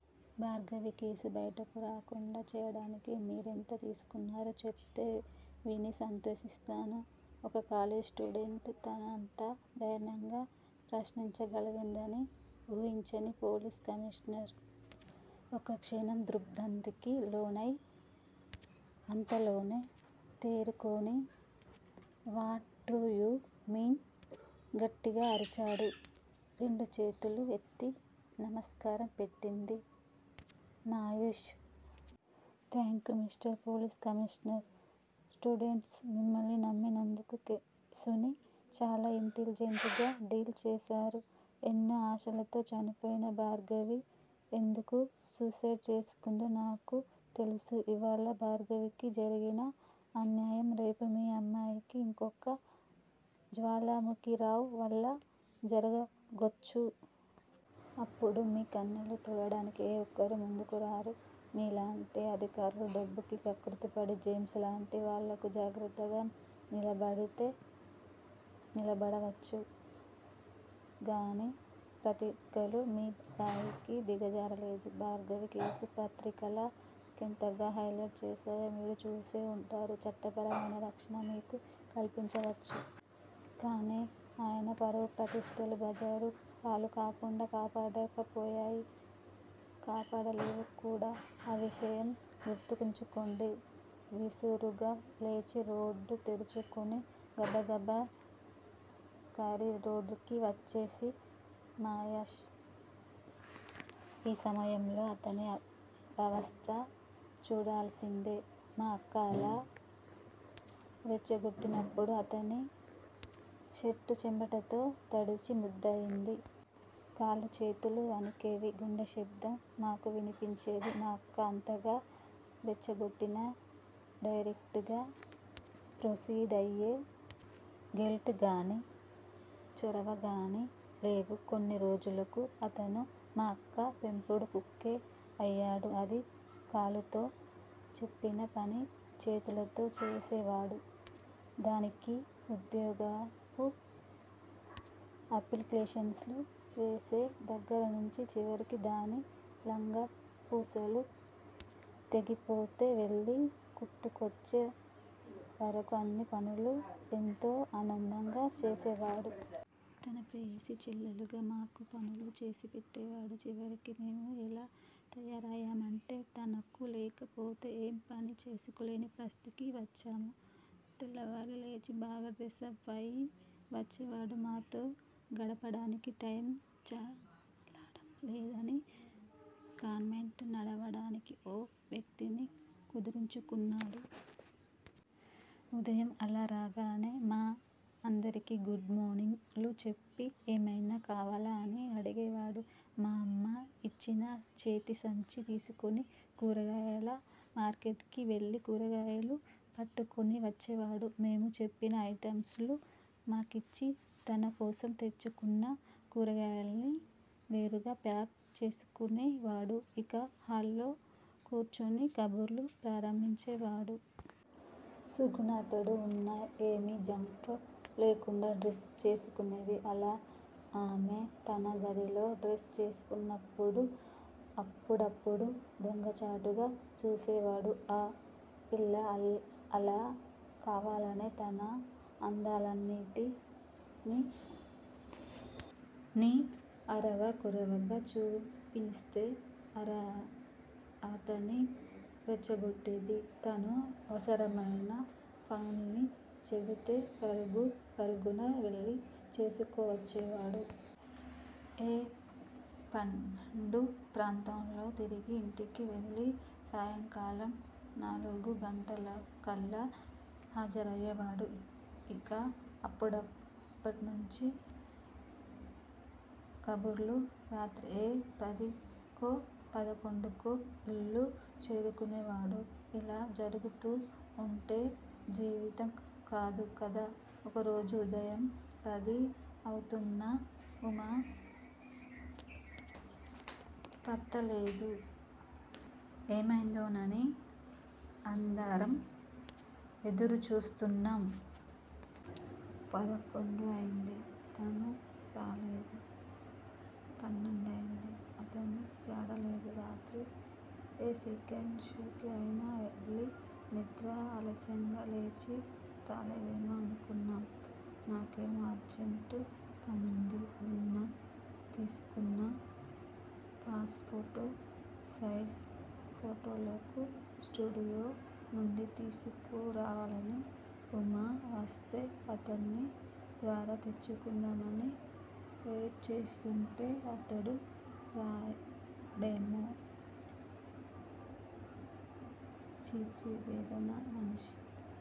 Bhargavi case బయటకు రాకుండా చేయడానికి మీరెంత తీసుకున్నారో చెప్తే విని సంతోషిస్తాను ఒక కాలేజీ స్టూడెంట్ తననంత ధైర్యంగా ప్రస్నించగలదని ఊహించని పోలీస్ కమీషనర్ ఒక్కక్షణం దిగ్బ్రాంతికి లోనై అంతలోనే తేరుకొని వాట్ డూ యు మీన్ గట్టిగా అరిచాడు. రెండు చేతులు ఎత్తి నమస్కారం పెట్టింది Mayusha. Thank you mister police commissioner students మిమ్మల్ని నమ్మినందుకు కేసుని చాలా ఇంటెలిజెంట్ గా డీల్ చేసారు. ఎన్నో ఆశలతో చచ్చిపోయిన భార్గవి ఎందుకు సూసైడ్ చేసుకుందో నాకు తెలుసు. ఇవాళ భార్గవికి జరిగిన అన్యాయం రేపు మీ అమ్మాయికి, ఇంకొక జ్వాలాముఖిరావు వల్ల జరగొచ్చు. అప్పుడు మీ కన్నీళ్ళను తుడవడానికి ఏ ఒక్కరూ ముందుకురారు మీలాంటి అధికార్లు డబ్బుకి కక్కుర్తిపడి జెమ్స్ లాంటి వాళ్ళకు జాగ్రతగా నిలబడితే నిలబడవచ్చు. కానీ పత్రికలు మీ స్థాయికి దిగజారలేదు. భార్గవి కేసుని పత్రికల కెంతగా హైలెట్ చెసాయో మీరు చూసే వుంటారు, చట్టపరమైన రక్షణ మీకు కల్పించవచ్చు. కానీ ఆయన పరువు, ప్రతిష్టలు బజారు పాలు కాకుండా కాపాడలేకపోయాయి, కాపాడలేవుకూడా ఆ విషయం గుర్తుంచుకోండి విసురుగా లేచి డోర్ తెరచుకుని గబగబా కారిడార్లోకి వచ్చేసింది మయూష. ఈ సమయాల్లో అతని అవస్థ చూడాల్సిందే. మా అక్క అలా రెచ్చగొట్టినప్పుడు అతని షర్ట్ చెమటతో తడిసి ముద్దయ్యేది. కాళ్ళూ చేతులూ వణికేవి. గుండె శబ్దం మాకు విన్పించేది. మా అక్క అంతగా రెచ్చగొట్టినా డైరెక్టుగా ప్రొసీడ్ అయ్యే గిల్ట్ గానీ- చొరవగానీ లేవు. కొన్నిరోజులకు అతను మా అక్క పెంపుడు కుక్కే అయ్యాడు. అది కాలుతో చెప్పిన పని చేతులతో చేసేవాడు దానికి ఉద్యోగపు అప్లికేషన్లు వేసే దగ్గర్నుంచి చివరికి దాని లంగా పూసులు తెగిపోతే వెళ్ళి కుట్టించుకు వచ్చే వరకు అన్ని పనులు ఎంతో ఆనందంగా చేసేవాడు. తన ప్రేయసి చెల్లెళ్ళుగా మాకూ పనులు చేసేపెట్టేవాడు. చివరికి మేము యెలా తయారయ్యామంటే తన కు లేకపోతే ఏ పనీ చేసుకోలేని పరిస్థితికి వచ్చాము. తెల్లవారి లేచి బాగా డ్రస్ అవ్ అయి వచ్చేవాడు. మాతో గడపడానికి టైమ్ చాలడం లేదని కాన్వెంట్ నడవాడానికి ఓ వ్యక్తిని కుదుర్చుకున్నాడు. ఉదయం అలా రాగానే మా అందరికీ గుడ్ మార్నింగ్ లు చెప్పి ఏమైనా కావాలా అని అడిగేవాడు. మా అమ్మ యిచ్చిన చేతిసంచిని తీసుకుని కూరగాయల మార్కెట్ కి వెళ్ళి కూరగాయలు పట్టుకొచ్చేవాడు. మేము చెప్పిన ఐటమ్ లు మాకిచ్చి, తనకోసం తెచ్చుకున్న కూరగాయల్ని వేరుగా ప్యాక్ చేసుకునేవాడు ఇక హాల్లో కూర్చుని కబుర్లు ప్రారంభించేవాడు. సుగుణ అతడు వున్న ఏమీ జంకు లేకుండా డ్రస్ చేసుకునేది. అలా ఆమె తన గదిలో డ్రస్ చేసుకుంటున్నప్పుడు అప్పుడప్పుడూ దొంగచాటుగా చూసేవాడు. ఆ పిల్లా అలా కావాలనే తన అందాలన్నిటినీ అరవా కొరవగా చూపిస్తూ అతన్ని రెచ్చగొట్టేది. థాను అవసరమైన పనుల్ని చెబితే పరుగు పరుగున వెలి చేసుకోచ్చేవాడు. ఏ పన్నెండు ప్రాంతానో తిరిగి ఇంటికి వెళ్ళి సాయంకాలం నాలుగు గంటలకల్లా హాజరయ్యేవాడు. ఇక అప్పట్నుంచీ కబుర్లు. రాత్రి ఏ పదికో, పదకొండుకో ఇల్లు చేరుకునేవాడు. ఇలా జరుగుతూ వుంటే జీవితం కాదు గదా. ఓరోజు ఉదయం పది అవుతున్నా ఉమా పత్తా లేదు ఏమైందోనని అందరం ఎదురుచూస్తున్నాం. పదకొండు అయ్యింది. అతను రాలేదు పన్నెండయ్యింది. అతని జాడలేదు. రాత్రి ఏ సెకండ్ షోకి అయినా వెళ్ళి నిద్ర ఆలస్యంగా లేచి రాలేదేమో అనుకున్నాం. నాకేమో అర్జెంట్ పనుంది. నిన్న తీసుకున్న పాస్ పోర్టు సైజు ఫోటోలను స్టూడియో నుంచి తీసుకురావాలి. ఉమా వస్తే అతని ద్వారా తెచ్చుకుందామని వెయిట్ చేస్తుంటే అతడు రాడాయె. ఛీఛీ వెధవ మనిషి.